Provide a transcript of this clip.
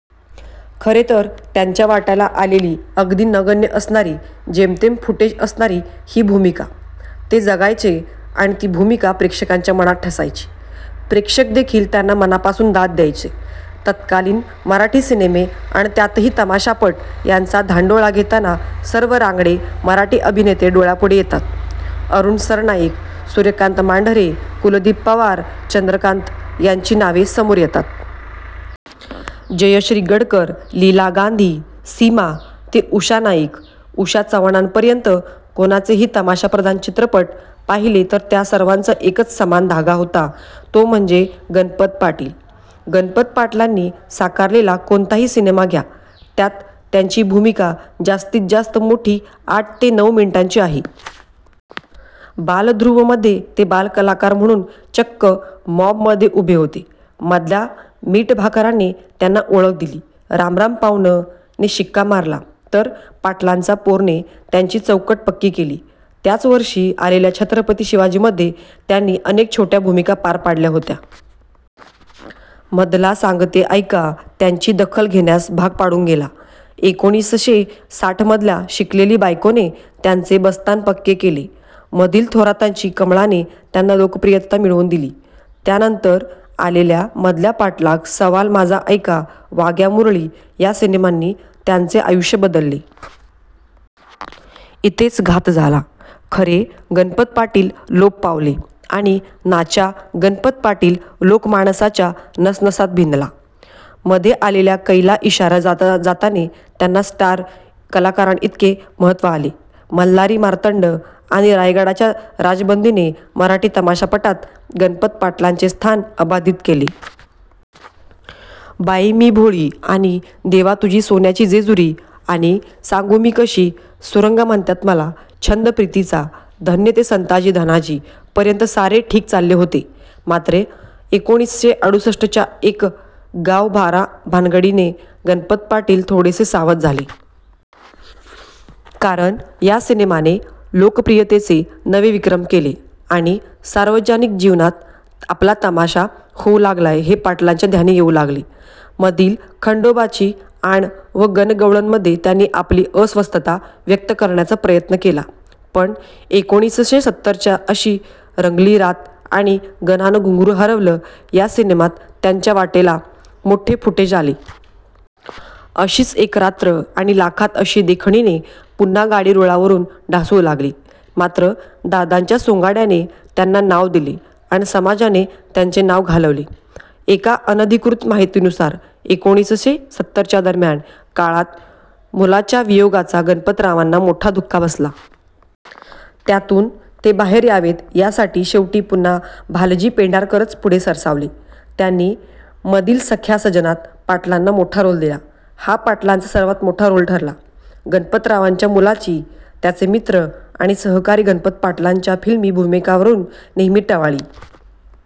खरे तर त्यांच्या वाट्याला आलेली अगदी नगण्य असणारी जेमतेम फुटेज असणारी ही भूमिका ते जगायचे अन ती भूमिका प्रेक्षकाच्या मनात ठसायची. प्रेक्षकदेखील त्यांना मनापासून दाद द्यायचे. तत्कालीन मराठी सिनेमे अन त्यातही तमाशापट यांचा धांडोळा घेताना सर्व रांगडे मराठी अभिनेते डोळ्यापुढे येतात, अरुण सरनाईक, सूर्यकांत मांढरे, कुलदीप पवार, चंद्रकांत यांची नावे समोर येतात. जयश्री गडकर, लीला गांधी, सीमा ते उषा नाईक, उषा चव्हाणपर्यंत कोणाचेही तमाशाप्रधान चित्रपट पाहिले तर त्या सर्वांचा एकच समान धागा होता तो म्हणजे गणपत पाटील! गणपत पाटलांनी साकारलेला कोणताही सिनेमा घ्या, त्यात त्यांची भूमिका जास्तीत जास्त मोठी आठ ते नऊ मिनिटांची आहे. बालध्रुवमध्ये ते बालकलाकार म्हणून चक्क मॉबमध्ये उभे होते. मधल्या मीठभाकरने त्यांना ओळख दिली. राम राम पाव्हणं ने शिक्का मारला तर पाटलाचा पोरने त्यांची चौकट पक्की केली. त्याच वर्षी आलेल्या छत्रपती शिवाजीमध्ये त्यांनी अनेक छोट्या भूमिका पार पाडल्या होत्या. मधला सांगत्ये ऐका त्यांची दखल घेण्यास भाग पाडून गेला. एकोणीसशे साठमधल्या शिकलेली बायकोने त्यांचे बस्तान पक्के केले. मधील थोरातांची कमळाने त्यांना लोकप्रियता मिळवून दिली. त्यानंतर आलेल्या मधल्या पाठलाग, सवाल माझा ऐका, वाघ्या मुरळी या सिनेमांनी त्यांचे आयुष्य बदलले. इथेच घात झाला. खरे गणपत पाटील लोप पावले आणि नाच्या गणपत पाटील लोकमानसाच्या नसनसात भिनला. मध्ये आलेल्या केला इशारा जाता जाताने त्यांना स्टार कलाकारांइतके महत्त्व आले. मल्हारी मार्तंड आणि रायगडचा राजबंदीने मराठी तमाशापटात गणपत पाटलांचे स्थान अबाधित केले. बाई मी भोळी आणि देवा तुझी सोन्याची जेजुरी आणि सांगू मी कशी, सुरंगा म्हणत्यात मला, छंद प्रीतिचा, धन्य ते संताजी धनाजी पर्यंत सारे ठीक चालले होते. मात्र एकोणीसशे अडुसष्टच्या एक गाव बारा भानगडीने गणपत पाटील थोडेसे सावध झाले. कारण या सिनेमाने लोकप्रियतेचे नवे विक्रम केले आणि सार्वजनिक जीवनात आपला तमाशा होऊ लागलाय हे पाटलांच्या ध्यानी येऊ लागले. मधील खंडोबाची आण व गणगौळणमध्ये त्यांनी आपली अस्वस्थता व्यक्त करण्याचा प्रयत्न केला पण एकोणीसशे सत्तरच्या अशी रंगली रात आणि गणानं घुंगरू हरवलं या सिनेमात त्यांच्या वाट्याला मोठे फुटेज आले. अशीच एक रात्र आणि लाखात अशी देखणीने पुन्हा गाडी रुळावरून ढासळू लागली. मात्र दादांच्या सोंगाड्याने त्यांना नाव दिले अन समाजाने त्यांचे नाव घालवले. एका अनधिकृत माहितीनुसार एकोणीसशे सत्तरच्या दरम्यानच्या काळात मुलाच्या वियोगाचा गणपतरावांना मोठा धक्का बसला. त्यातून ते बाहेर यावेत यासाठी शेवटी पुन्हा भालजी पेंढारकरच पुढे सरसावले. त्यांनी मधील सख्या सजनात पाटलांना मोठा रोल दिला. हा पाटलांचा सर्वात मोठा रोल ठरला. गणपतरावांच्या मुलाची, त्याचे मित्र आणि सहकारी गणपत पाटलांच्या फिल्मी भूमिकांवरून नेहमी टवाळी